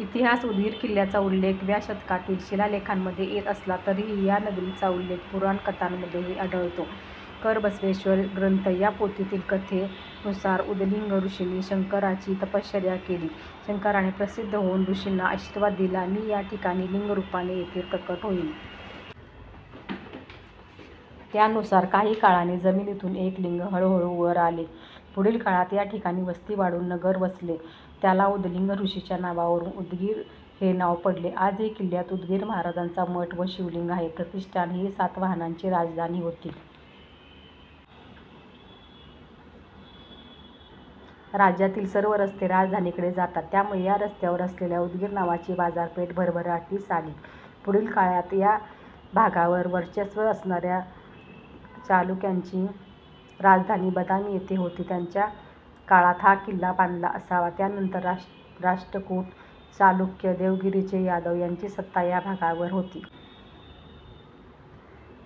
इतिहास उदगिर किल्ल्याचा उल्लेख व्या शतकातील शिलालेखांमध्ये येत असला तरीही या नगरीचा उल्लेख पूराण कथांमध्येही आढळतो. करबसवेश्वर ग्रंथ या पोथीतील कथे नुसार उदलिंग ॠषींनी शंकराची तपश्चर्या केली. शंकराने प्रसन्न होऊन ॠषींनी आशिर्वाद दिला, मी या ठिकाणी लिंग रुपाने येथे प्रगट होईन. त्यानुसार काही काळाने जमिनीतून एक लिंग हळूहळू वर आले. पुढील काळात याठिकाणी वस्ती वाढून नगर वसले त्याला उदलिंग ॠषींच्या नावावरून उदगीर हे नाव पडले. आजही किल्ल्यात उदगिर महाराजांचा मठ व शिवलिंग आहे. प्रतिष्ठाण ही सातवाहनांची राजधानी होती. राज्यातील सर्व रस्ते राजधानीकडे जातात. त्यामुळे या रस्त्यावर असलेल्या उदगीर गावाची बाजारपेठ भरभराटीस आली. पुढील काळात या भागावर वर्चस्व असणार्या चालुक्यांची राजधानी बदामी येथे होती, त्यांच्या काळात हा किल्ला बांधला असावा. त्यानंतर राष्टकुट, चालुक्य, देवगिरीचे यादव यांची सत्ता या भागावर होती.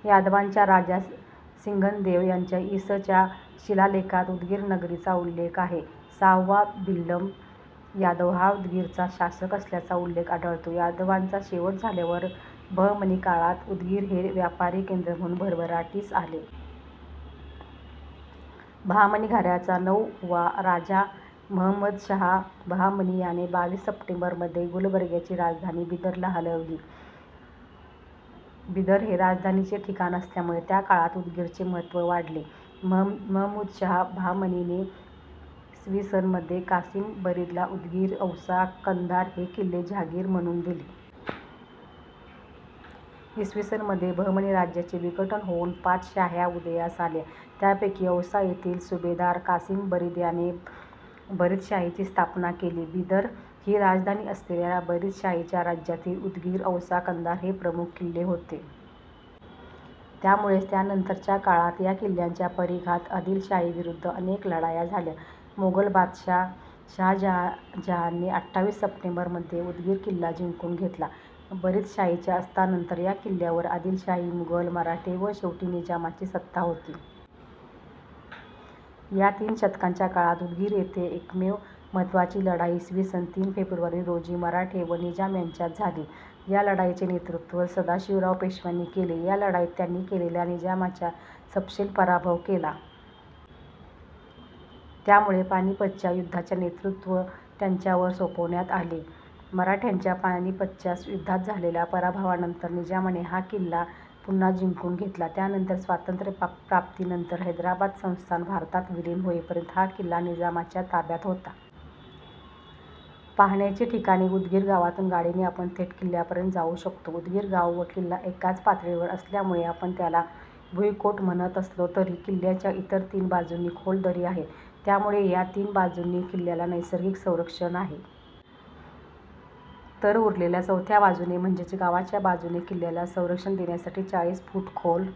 यादवांच्या राजा सिंघनदेव यांच्या इ. स. च्या शिलालेखात उदगीर नगरीचा उल्लेख आहे. सहावा भिल्लम यादव हा उदगीरचा शासक असल्याचा उल्लेख आढळतो. यादवांचा शेवट झाल्यावर बहमनी काळात उदगीर हे व्यापारी केंद्र म्हणून भरभराटीस आले. बहामनी घराण्याचा नऊ वा राजा महमदशहा बहामनी याने बावीस सप्टेंबर मध्ये गुलबर्ग्याची राजधानी बिदरला हलविली. बिदर हे राजधानीचे ठिकाण असल्यामुळे त्या काळात उदगीरचे महत्व वाढले. महमुदशहा बहामनीने इ. स. मध्ये कासीम बरीदला उदगीर, औसा, कंधार हे किल्ले जहागिर म्हणून दिले. इ. स. मध्ये बहमनी राज्याचे विघटन होऊन पाच शाह्या उदयास आल्या. त्यापैकी औसा येथील सुभेदार कासीम बरीद याने बरीदशाहीची स्थापना केली. बिदर हि राजधानी असलेल्या बरीदशाहीच्या राज्यातील उदगीर, औसा, कंधार हे प्रमुख किल्ले होते. त्यामुळेच त्यानंतरच्या काळात या किल्ल्यांच्या परीघात आदिलशाही विरुध्द अनेक लढाया झाल्या. मोगल बादशहा शहाजहानने अठ्ठावीस सप्टेंबर मध्ये उदगीर किल्ला जिंकून घेतला. बरीदशाहीच्या अस्तानंतर या किल्ल्यावर आदिलशाही, मुघल, मराठे व शेवटी निजामाची सत्ता होती. या तीन शतकांच्या काळात उदगीर येथे एकमेव महत्वाची लढाई इ. स. तीन फेब्रुवारी रोजी मराठे व निजाम यांच्यात झाली. या लढाईचे नेतृत्व सदाशिवराव पेशव्यांनी केले. या लढाईत त्यांनी केलेल्या निजामाच्या सपशेल पराभव केला. त्यामूळे पानिपतच्या युध्दाच्या नेतृत्व त्यांच्यावर सोपवण्यात आले. मराठ्यांच्या पानिपतच्या युध्दात झालेल्या परभवा नंतर निजामाने हा किल्ला पुन्हा जिंकून घेतला. त्यानंतर स्वातंत्र्य प्राप्ती नंतर हैद्राबाद संस्थान भारतात विलिन होईपर्यंत हा किल्ला निजामाच्या ताब्यात होता. पहाण्याची ठिकाणे उदगीर गावातून गाडीने आपण थेट किल्ल्यापर्यंत जाऊ शकतो. उदगीर गाव व किल्ला एकाच पातळीवर असल्यामूळे आपण त्याला भूईकोट म्हणत असलो तरी, किल्ल्याच्या इतर तीन बाजूंनी खोल दरी आहे. त्यामूळे या तीन बाजूंनी किल्ल्याला नैसर्गिक संरक्षण आहे. तर उरलेल्या चौथ्या बाजूने म्हणजेच गावाच्या बाजूने किल्ल्याला संरक्षण देण्यासाठी चाळीस फूट खोल